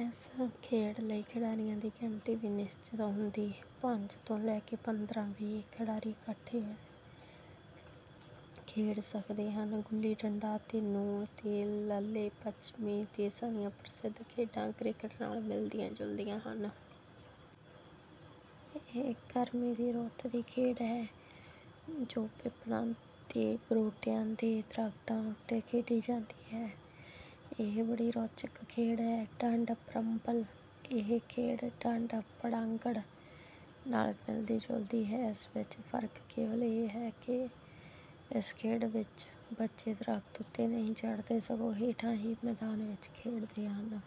ਇਸ ਖੇਡ ਲਈ ਖਿਡਾਰੀਆਂ ਦੀ ਗਿਣਤੀ ਵੀ ਨਿਸ਼ਚਿਤ ਨਹੀਂ ਹੁੰਦੀ। ਪੰਜ ਤੋਂ ਲੈ ਕੇ ਪੰਦਰਾਂ ਵੀਹ ਖਿਡਾਰੀ ਇਕੱਠੇ ਖੇਡ ਸਕਦੇ ਹਨ। ਗੁੱਲੀ ਡੰਡਾ ਅਤੇ ਨੂਣ ਤੇਲ ਲੱਲੇ ਪੱਛਮੀ ਦੇਸ਼ਾਂ ਦੀਆਂ ਪ੍ਰਸਿੱਧ ਖੇਡਾਂ ਕ੍ਰਿਕਟ ਨਾਲ ਮਿਲਦੀਆਂ ਜੁਲਦੀਆਂ ਹਨ। ਇਹ ਗਰਮੀ ਦੀ ਰੁੱਤ ਦੀ ਖੇਡ ਹੈ, ਜੋ ਪਿੱਪਲਾਂ ਤੇ ਬਰੋਟੀਆਂ ਦੇ ਦਰਖਤਾਂ ਉੱਤੇ ਖੇਡੀ ਜਾਂਦੀ ਹੈ। ਇਹ ਬੜੀ ਰੋਚਕ ਖੇਡ ਹੈ। ਡੰਡ ਪਰੰਬਲ ਇਹ ਖੇਡ ਡੰਡ ਪੜਾਂਗੜ ਨਾਲ ਮਿਲਦੀ ਜੁਲਦੀ ਹੈ। ਇਸ ਵਿੱਚ ਫ਼ਰਕ ਕੇਵਲ ਇਹ ਹੈ ਕਿ ਇਸ ਖੇਡ ਵਿੱਚ ਬੱਚੇ ਦਰੱਖਤ ਉੱਤੇ ਨਹੀਂ ਚੜ੍ਹਦੇ ਸਗੋਂ ਹੇਠਾਂ ਹੀ ਮੈਦਾਨ ਵਿੱਚ ਖੇਡਦੇ ਹਨ।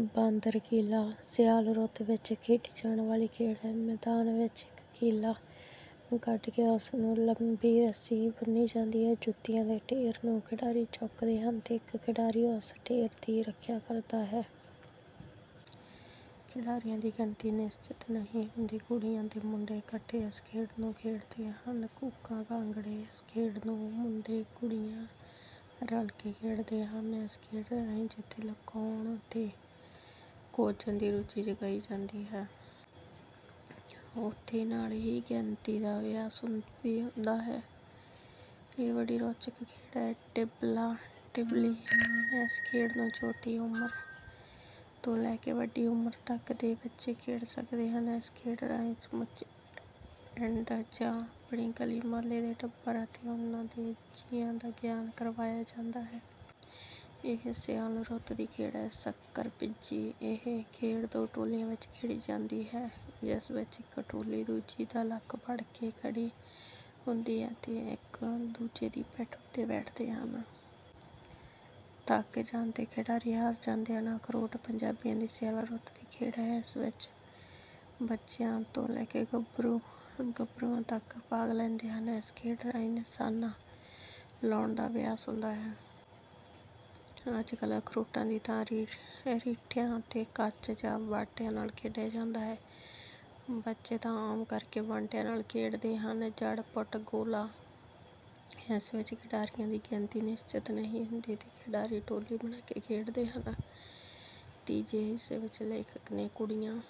ਬਾਂਦਰ ਕੀਲਾ ਸਿਆਲ ਰੁੱਤ ਵਿੱਚ ਖੇਡੀ ਜਾਣ ਵਾਲੀ ਖੇਡ ਹੈ। ਮੈਦਾਨ ਵਿੱਚ ਇੱਕ ਕੀਲਾ ਗੱਡ ਕੇ ਉਸ ਨੂੰ ਲੰਬੀ ਰੱਸੀ ਬੰਨ੍ਹੀ ਜਾਂਦੀ ਹੈ। ਜੁੱਤੀਆਂ ਦੇ ਢੇਰ ਨੂੰ ਖਿਡਾਰੀ ਚੁੱਕਦੇ ਹਨ ਤੇ ਇੱਕ ਖਿਡਾਰੀ ਉਸ ਢੇਰ ਦੀ ਰੱਖਿਆ ਕਰਦਾ ਹੈ। ਖਿਡਾਰੀਆਂ ਦੀ ਗਿਣਤੀ ਨਿਸ਼ਚਿਤ ਨਹੀਂ ਹੁੰਦੀ। ਕੁੜੀਆਂ ਤੇ ਮੁੰਡੇ ਇਕੱਠੇ ਇਸ ਖੇਡ ਨੂੰ ਖੇਡਦੇ ਹਨ। ਕੂਕਾਂ ਕਾਂਘੜੇ ਇਸ ਖੇਡ ਨੂੰ ਮੁੰਡੇ ਕੁੜੀਆਂ ਰਲ ਕੇ ਖੇਡਦੇ ਹਨ। ਇਸ ਖੇਡ ਰਾਹੀਂ ਜਿੱਥੇ ਲੁਕਾਉਣ ਅਤੇ ਖੋਜਣ ਦੀ ਰੁਚੀ ਜਗਾਈ ਜਾਂਦੀ ਹੈ। ਉੱਥੇ ਨਾਲ ਹੀ ਗਿਣਤੀ ਦਾ ਅਭਿਆਸ ਵੀ ਹੁੰਦਾ ਹੈ। ਇਹ ਬੜੀ ਰੌਚਕ ਖੇਡ ਹੈ। ਟਿਬਲਾ ਟਿਬਲੀ ਇਸ ਖੇਡ ਨੂੰ ਛੋਟੀ ਉਮਰ ਤੋਂ ਲੈ ਕੇ ਵੱਡੀ ਉਮਰ ਤੱਕ ਦੇ ਬੱਚੇ ਖੇਡ ਸਕਦੇ ਹਨ। ਇਸ ਖੇਡ ਰਾਹੀਂ ਸਮੁੱਚੇ ਪਿੰਡ ਜਾਂ ਆਪਣੀ ਗਲ਼ੀ ਮੁਹੱਲੇ ਦੇ ਟੱਬਰ ਅਤੇ ਉਨ੍ਹਾਂ ਦੇ ਜੀਆਂ ਦਾ ਗਿਆਨ ਕਰਵਾਇਆ ਜਾਂਦਾ ਹੈ। ਇਹ ਸਿਆਲ ਰੁੱਤ ਦੀ ਖੇਡ ਹੈ। ਸ਼ੱਕਰ ਭਿੱਜੀ ਇਹ ਖੇਡ ਦੋ ਟੋਲੀਆਂ ਵਿੱਚ ਖੇਡੀ ਜਾਂਦੀ ਹੈ ਜਿਸ ਵਿੱਚ ਇੱਕ ਟੋਲੀ ਦੂਜੀ ਦਾ ਲੱਕ ਫੜ ਕੇ ਖੜੀ ਹੁੰਦੀ ਹੈ ਤੇ ਇੱਕ ਦੂਜੇ ਦੀ ਪਿੱਠ ਉੱਤੇ ਬੈਠਦੇ ਹਨ। ਥੱਕ ਜਾਣ ਤੇ ਖਿਡਾਰੀ ਹਾਰ ਜਾਂਦੇ ਹਨ। ਅਖਰੋਟ ਪੰਜਾਬੀਆਂ ਦੀ ਸਿਆਲ ਰੁੱਤ ਦੀ ਖੇਡ ਹੈ। ਇਸ ਵਿੱਚ ਬੱਚਿਆਂ ਤੋਂ ਲੈ ਕੇ ਗੱਭਰੂਆਂ ਤੱਕ ਭਾਗ ਲੈਂਦੇ ਹਨ। ਇਸ ਖੇਡ ਰਾਹੀਂ ਨਿਸ਼ਾਨਾ ਲਾਉਣ ਦਾ ਅਭਿਆਸ ਹੁੰਦਾ ਹੈ। ਅੱਜ ਕੱਲ ਅਖਰੋਟਾਂ ਦੀ ਥਾਂ ਰੀਠਿਆਂ ਅਤੇ ਕੱਚ ਜਾਂ ਬਾਂਟਿਆਂ ਨਾਲ ਖੇਡਿਆ ਜਾਂਦਾ ਹੈ। ਬੱਚੇ ਤਾਂ ਆਮ ਕਰਕੇ ਬਾਂਟਿਆਂ ਨਾਲ ਖੇਡਦੇ ਹਨ। ਜੜ ਪੁਟ ਗੋਲਾ ਇਸ ਵਿੱਚ ਖਿਡਾਰੀਆਂ ਦੀ ਗਿਣਤੀ ਨਿਸ਼ਚਿਤ ਨਹੀਂ ਹੁੰਦੀ ਤੇ ਖਿਡਾਰੀ ਟੋਲੀ ਬਣਾ ਕੇ ਖੇਡਦੇ ਹਨ। ਤੀਜੇ ਹਿੱਸੇ ਵਿੱਚ ਲੇਖਕ ਨੇ ਕੁੜੀਆਂ